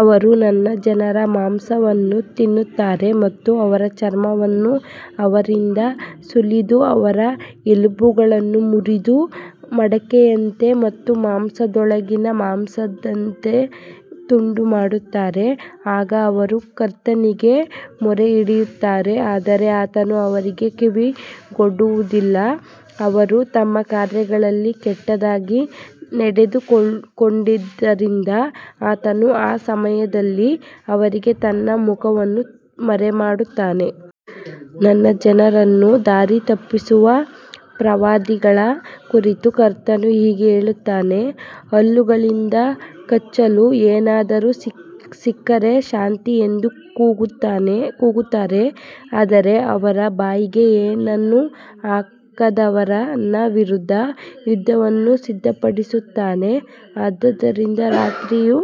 ಅವರು ನನ್ನ ಜನರ ಮಾಂಸವನ್ನು ತಿನ್ನುತ್ತಾರೆ ಮತ್ತು ಅವರ ಚರ್ಮವನ್ನು ಅವರಿಂದ ಸುಲಿದು ಅವರ ಎಲುಬುಗಳನ್ನು ಮುರಿದು ಮಡಕೆಯಂತೆ ಮತ್ತು ಮಾಂಸದೊಳಗಿನ ಮಾಂಸದಂತೆ ತುಂಡು ಮಾಡುತ್ತಾರೆ. ಆಗ ಅವರು ಕರ್ತನಿಗೆ ಮೊರೆಯಿಡುತ್ತಾರೆ, ಆದರೆ ಆತನು ಅವರಿಗೆ ಕಿವಿಗೊಡುವುದಿಲ್ಲ. ಅವರು ತಮ್ಮ ಕಾರ್ಯಗಳಲ್ಲಿ ಕೆಟ್ಟದಾಗಿ ನಡೆದುಕೊಂಡಿದ್ದರಿಂದ ಆತನು ಆ ಸಮಯದಲ್ಲಿ ಅವರಿಗೆ ತನ್ನ ಮುಖವನ್ನು ಮರೆಮಾಡುತ್ತಾನೆ. ನನ್ನ ಜನರನ್ನು ದಾರಿತಪ್ಪಿಸುವ ಪ್ರವಾದಿಗಳ ಕುರಿತು ಕರ್ತನು ಹೀಗೆ ಹೇಳುತ್ತಾನೆ, ಹಲ್ಲುಗಳಿಂದ ಕಚ್ಚಲು ಏನಾದರೂ ಸಿಕ್ಕರೆ ಶಾಂತಿ ಎಂದು ಕೂಗುತ್ತಾರೆ, ಆದರೆ ಅವರ ಬಾಯಿಗೆ ಏನನ್ನೂ ಹಾಕದವನ ವಿರುದ್ಧ ಯುದ್ಧವನ್ನು ಸಿದ್ಧಪಡಿಸುತ್ತಾರೆ. ಆದ್ದರಿಂದ ರಾತ್ರಿಯು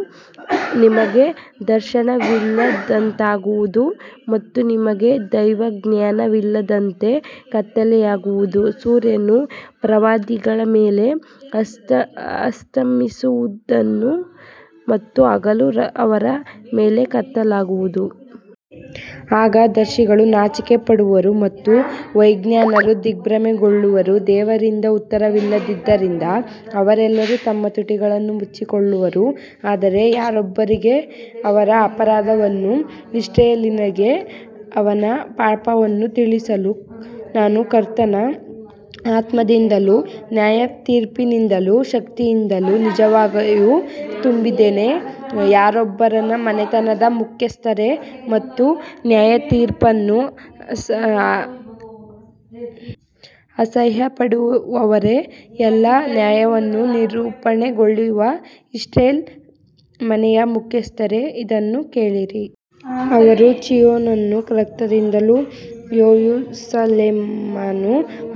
ನಿಮಗೆ ದರ್ಶನವಿಲ್ಲದಂತಾಗುವುದು ಮತ್ತು ನಿಮಗೆ ದೈವಜ್ಞಾನವಿಲ್ಲದಂತೆ ಕತ್ತಲೆಯಾಗುವುದು. ಸೂರ್ಯನು ಪ್ರವಾದಿಗಳ ಮೇಲೆ ಅಸ್ತಮಿಸುವನು ಮತ್ತು ಹಗಲು ಅವರ ಮೇಲೆ ಕತ್ತಲಾಗುವುದು. ಆಗ ದರ್ಶಿಗಳು ನಾಚಿಕೆಪಡುವರು ಮತ್ತು ದೈವಜ್ಞರು ದಿಗ್ಭ್ರಮೆಗೊಳ್ಳುವರು. ದೇವರಿಂದ ಉತ್ತರವಿಲ್ಲದ್ದರಿಂದ ಅವರೆಲ್ಲರೂ ತಮ್ಮ ತುಟಿಗಳನ್ನು ಮುಚ್ಚಿಕೊಳ್ಳುವರು. ಆದರೆ ಯಾಕೋಬನಿಗೆ ಅವನ ಅಪರಾಧವನ್ನೂ ಇಸ್ರಾಯೇಲಿಗೆ ಅವನ ಪಾಪವನ್ನೂ ತಿಳಿಸಲು ನಾನು ಕರ್ತನ ಆತ್ಮದಿಂದಲೂ ನ್ಯಾಯತೀರ್ಪಿನಿಂದಲೂ ಶಕ್ತಿಯಿಂದಲೂ ನಿಜವಾಗಿಯೂ ತುಂಬಿದ್ದೇನೆ. ಯಾಕೋಬನ ಮನೆತನದ ಮುಖ್ಯಸ್ಥರೇ ಮತ್ತು ನ್ಯಾಯತೀರ್ಪನ್ನು ಅಸಹ್ಯಪಡುವವರೇ, ಎಲ್ಲಾ ನ್ಯಾಯವನ್ನು ವಿರೂಪಗೊಳಿಸುವ ಇಸ್ರಾಯೇಲ್ ಮನೆಯ ಮುಖ್ಯಸ್ಥರೇ, ಇದನ್ನು ಕೇಳಿರಿ. ಅವರು ಚೀಯೋನನ್ನು ರಕ್ತದಿಂದಲೂ ಯೆರೂಸಲೇಮನ್ನು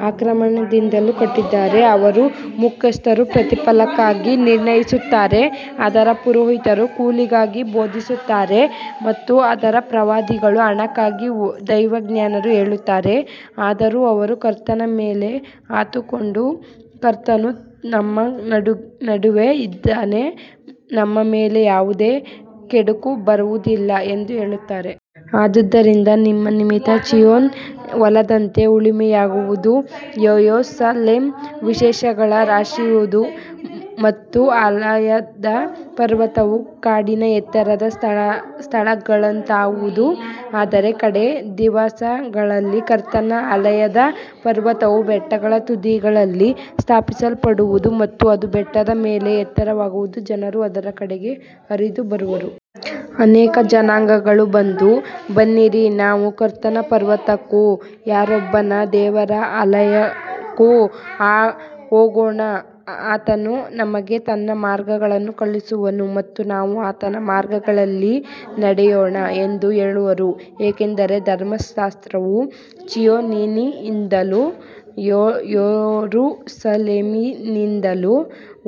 ಅಕ್ರಮದಿಂದಲೂ ಕಟ್ಟುತ್ತಾರೆ. ಅದರ ಮುಖ್ಯಸ್ಥರು ಪ್ರತಿಫಲಕ್ಕಾಗಿ ನಿರ್ಣಯಿಸುತ್ತಾರೆ, ಅದರ ಪುರೋಹಿತರು ಕೂಲಿಗಾಗಿ ಬೋಧಿಸುತ್ತಾರೆ ಮತ್ತು ಅದರ ಪ್ರವಾದಿಗಳು ಹಣಕ್ಕಾಗಿ ದೈವಜ್ಞಾನ ಹೇಳುತ್ತಾರೆ. ಆದರೂ ಅವರು ಕರ್ತನ ಮೇಲೆ ಆತುಕೊಂಡು, ಕರ್ತನು ನಮ್ಮ ನಡುವೆ ಇದ್ದಾನೆ, ನಮ್ಮ ಮೇಲೆ ಯಾವುದೇ ಕೆಡುಕು ಬರುವುದಿಲ್ಲ ಎಂದು ಹೇಳುತ್ತಾರೆ. ಆದ್ದರಿಂದ ನಿಮ್ಮ ನಿಮಿತ್ತ ಚೀಯೋನ್ ಹೊಲದಂತೆ ಉಳುಮೆಯಾಗುವುದು, ಯೆರೂಸಲೇಮ್ ಅವಶೇಷಗಳ ರಾಶಿಯಾಗುವುದು ಮತ್ತು ಆಲಯದ ಪರ್ವತವು ಕಾಡಿನ ಎತ್ತರದ ಸ್ಥಳಗಳಂತಾಗುವುದು. ಆದರೆ ಕಡೇ ದಿವಸಗಳಲ್ಲಿ ಕರ್ತನ ಆಲಯದ ಪರ್ವತವು ಬೆಟ್ಟಗಳ ತುದಿಯಲ್ಲಿ ಸ್ಥಾಪಿಸಲ್ಪಡುವುದು ಮತ್ತು ಅದು ಬೆಟ್ಟಗಳ ಮೇಲೆ ಎತ್ತರವಾಗುವುದು, ಜನರು ಅದರ ಕಡೆಗೆ ಹರಿದು ಬರುವರು. ಅನೇಕ ಜನಾಂಗಗಳು ಬಂದು, ಬನ್ನಿರಿ, ನಾವು ಕರ್ತನ ಪರ್ವತಕ್ಕೂ ಯಾಕೋಬನ ದೇವರ ಆಲಯಕ್ಕೂ ಹೋಗೋಣ, ಆತನು ನಮಗೆ ತನ್ನ ಮಾರ್ಗಗಳನ್ನು ಕಲಿಸುವನು ಮತ್ತು ನಾವು ಆತನ ಮಾರ್ಗಗಳಲ್ಲಿ ನಡೆಯೋಣ ಎಂದು ಹೇಳುವರು. ಏಕೆಂದರೆ ಧರ್ಮಶಾಸ್ತ್ರವು ಚೀಯೋನಿನಿಂದಲೂ ಯೆರೂಸಲೇಮಿನಿಂದಲೂ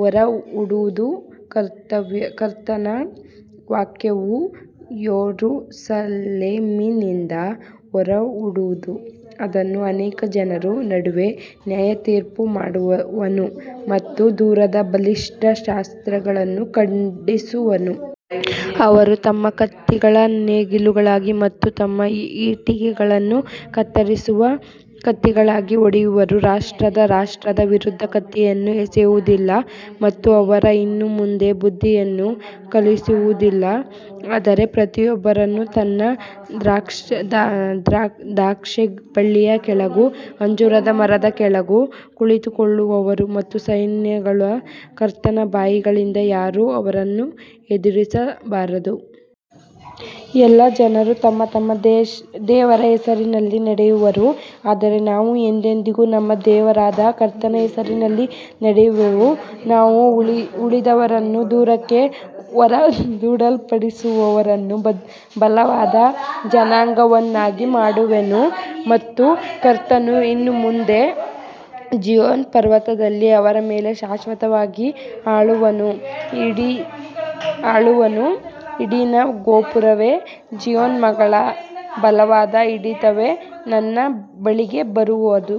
ಹೊರಡುವುದು, ಕರ್ತನ ವಾಕ್ಯವು ಯೆರೂಸಲೇಮಿನಿಂದ ಹೊರಡುವುದು. ಅವನು ಅನೇಕ ಜನರ ನಡುವೆ ನ್ಯಾಯತೀರ್ಪು ಮಾಡುವನು ಮತ್ತು ದೂರದ ಬಲಿಷ್ಠ ರಾಷ್ಟ್ರಗಳನ್ನು ಖಂಡಿಸುವನು. ಅವರು ತಮ್ಮ ಕತ್ತಿಗಳನ್ನು ನೇಗಿಲುಗಳಾಗಿ ಮತ್ತು ತಮ್ಮ ಈಟಿಗಳನ್ನು ಕತ್ತರಿಸುವ ಕತ್ತಿಗಳಾಗಿ ಹೊಡೆಯುವರು. ರಾಷ್ಟ್ರವು ರಾಷ್ಟ್ರದ ವಿರುದ್ಧ ಕತ್ತಿಯನ್ನು ಎತ್ತುವುದಿಲ್ಲ ಮತ್ತು ಅವರು ಇನ್ನು ಮುಂದೆ ಯುದ್ಧವನ್ನು ಕಲಿಯುವುದಿಲ್ಲ. ಆದರೆ ಪ್ರತಿಯೊಬ್ಬನು ತನ್ನ ದ್ರಾಕ್ಷೇಬಳ್ಳಿಯ ಕೆಳಗೂ ಅಂಜೂರದ ಮರದ ಕೆಳಗೂ ಕುಳಿತುಕೊಳ್ಳುವನು ಮತ್ತು ಸೈನ್ಯಗಳ ಕರ್ತನ ಬಾಯಿಂದ ಯಾರೂ ಅವರನ್ನು ಹೆದರಿಸಬಾರದು. ಎಲ್ಲಾ ಜನರು ತಮ್ಮ ತಮ್ಮ ದೇವರ ಹೆಸರಿನಲ್ಲಿ ನಡೆಯುವರು, ಆದರೆ ನಾವು ಎಂದೆಂದಿಗೂ ನಮ್ಮ ದೇವರಾದ ಕರ್ತನ ಹೆಸರಿನಲ್ಲಿ ನಡೆಯುವೆವು. ನಾನು ಉಳಿದವರನ್ನೂ ದೂರಕ್ಕೆ ಹೊರದೂಡಲ್ಪಟ್ಟವರನ್ನೂ ಬಲವಾದ ಜನಾಂಗವನ್ನಾಗಿ ಮಾಡುವೆನು ಮತ್ತು ಕರ್ತನು ಇನ್ನು ಮುಂದೆ ಚೀಯೋನ್ ಪರ್ವತದಲ್ಲಿ ಅವರ ಮೇಲೆ ಶಾಶ್ವತವಾಗಿ ಆಳುವನು. ಹಿಂಡಿನ ಗೋಪುರವೇ, ಚೀಯೋನ್ ಮಗಳ ಬಲವಾದ ಹಿಡಿತವೇ, ನಿನ್ನ ಬಳಿಗೆ ಬರುವದು.